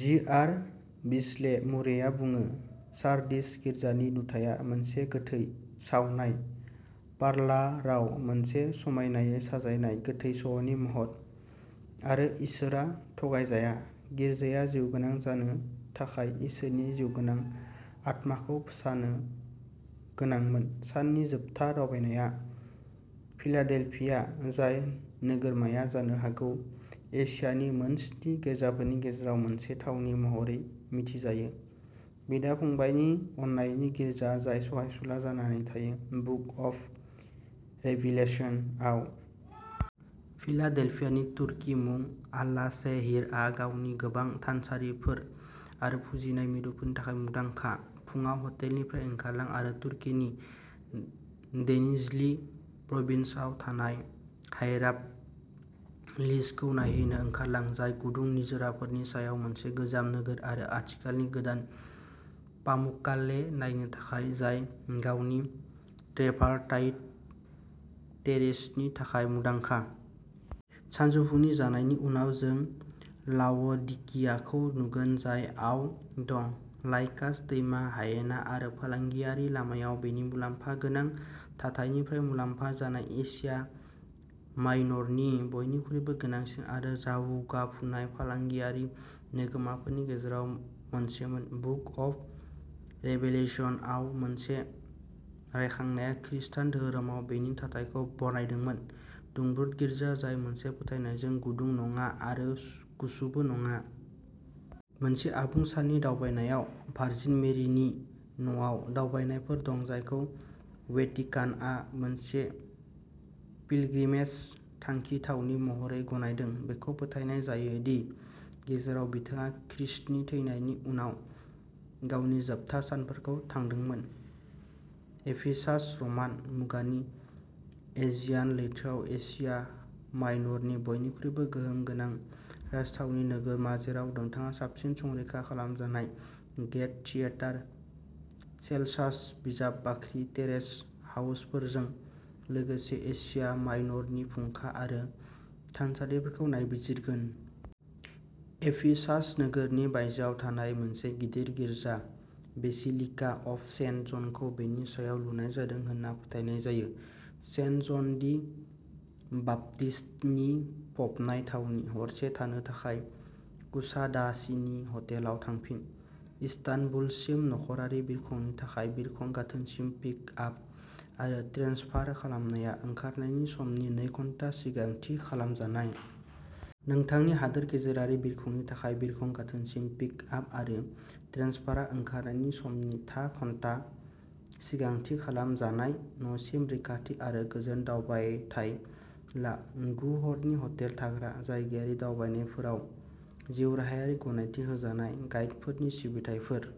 जि R बिस्ले मुरेआ बुङो सार्डिस गिर्जानि नुथाया मोनसे गोथै सावनाय पार्लाराव मोनसे समायनायै साजायनाय गोथै सह'नि महर आरो इसोरआ थगायजाया। गिर्जाया जिउगोनां जानो थाखाय इसोरनि जिउगोनां आत्माखौ फोजानो गोनांमोन। साननि जोबथा दावबायनाया फिलाडेल्फिया जाय नोगोरमाया जानो हागौ एशियानि मोनस्नि गिर्जाफोरनि गेजेराव मोनसे थावनि महरै मिथिजायो बिदा फंबायनि अननायनि गिर्जा जाय सहायसुला जानानै थायो बुक अफ रेभिलेशन आव। फिलाडेल्फियानि तुर्की मुं आलासेहिरआ गावनि गोबां थानसालिफोर आरो फुजिनाय मिरुफोरनि थाखाय मुंदांखा। फुंआव हटेलनिफ्राय ओंखारलां आरो तुर्कीनि डेनिज्लि प्रभिन्सआव थानाय हायेरापलिसखौ नायहैनो ओंखारलां जाय गुदुं निजोराफोरनि सायाव मोनसे गोजाम नोगोर आरो खाथिखालानि गोदान पामुक्काले नायनो थाखाय जाय गावनि ट्रेभारटाइन टेरेसनि थाखाय मुंदांखा। सानजौफुनि जानायनि उनाव जों लाव'डिकियाखौ नुगोन जाय आव दं। लाइकास दैमा हायेना आरो फालांगियारि लामायाव बेनि मुलाम्फागोनां थाथायनिफ्राय मुलाम्फा जानाय एसिया माइनरनि बयनिख्रुइबो गोनांसिन आरो जौगाफुनाय फालांगियारि नोगोरमाफोरनि गेजेराव मोनसेमोन। बुक अफ रेभेलेशनआव मोनसे रायखांनाया खृस्टान धोरोमाव बेनि थाथायखौ बरनायदोंमोन दुंब्रुद'गिर्जा जाय मोनसे फोथायनायजों गुदुं नङा आरो गुसुबो नङा। मोनसे आबुं साननि दावबायनायाव भार्जिन मेरिनि न'आव दावबायनायफोर दं जायखौ वेटिकानआ मोनसे पिल्ग्रमेज थांखि थावनि महरै गनायदों बेखौ फोथायनाय जायो दि जेराव बिथाङा खृष्टनि थैनायनि उनाव गावनि जोबथा सानफोरखौ थादोंमोन। एफिसास रमान मुगानि एजियान लैथोआव एसिया माइनरनि बयनिख्रुइबो गोहोम गोनां राजथावनि नोगोरमा जेराव नोंथाङा साबसिन संरैखा खालामजानाय ग्रेत थियेटार सेल्सास बिजाब बाख्रि टेरेस हाउसफोरजों लोगोसे एसिया माइनरनि फुंखा आरो थानसालिफोरखौ नायबिजिरगोन। एफिसास नोगोरनि बायजोआव थानाय मोनसे गिदिर गिर्जा बेसिलिका अफ सेन्ट जनखौ बेनि सायाव लुनाय जादों होनना फोथायनाय जायो। सेन्ट जन दि बाप्तिस्तनि फबनाय थावनि। हरसे थानो थाखाय कुसादासिनि हटेलाव थांफिन। इस्तानबुलसिम नखरारि बिरखंनि थाखाय बिरखं गाथोनसिम पिकआप आरो ट्रेन्सफार खालामनाया ओंखारनायनि समनि नै घन्टा सिगां थि खालाम जानाय। नोंथांनि हादोर गेजेरारि बिरखंनि थाखाय बिरखं गाथोनसिम पिकआप आरो ट्रेन्सफारआ ओंखारनायनि समनि था घन्टा सिगां थि खालाम जानाय। न'सिम रैखाथि आरो गोजोन दावबायथाय ला। गु हरनि हटेल थाग्रा। जायगायारि दावबायनायफोराव जिउराहायारि गनायथि होजानाय गाइडफोरनि सिबिथाइफोर।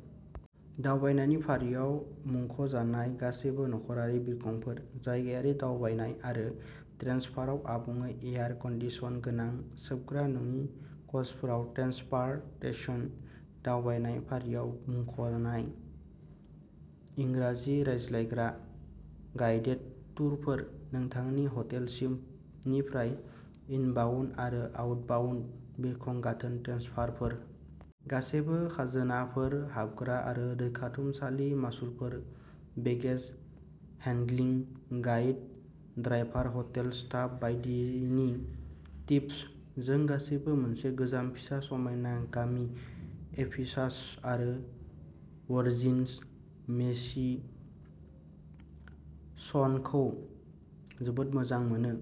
दावबायनायनि फारियाव मुंख'जानाय गासैबो नखरारि बिरखंफोर। जायगायारि दावबायनाय आरो ट्रेन्सफाराव आबुङै एयार कन्डिसन गोनां सोबग्रा नङि कचफोराव ट्रेन्सपारतेसन। दावबायनाय फारियाव मुंख'नाय इंराजि रायज्लायग्रा गाइडेड टुरफोर। नोंथांनि हटेलसिम निफ्राय इनबाउन्ड आरो आउटबाउन्ड बिरखं गाथोन ट्रेन्सफारफोर। गासैबो खाजोनाफोर हाबग्रा आरो रैखाथुमसालि मासुलफोर baggage handling. Guide driver hotel staff बायदिनि टिप्स। जों गासैबो मोनसे गोजाम फिसा समायना गामि एफिसास आरो वर्जिन मेरिस न'खौ जोबोद मोजां मोनो।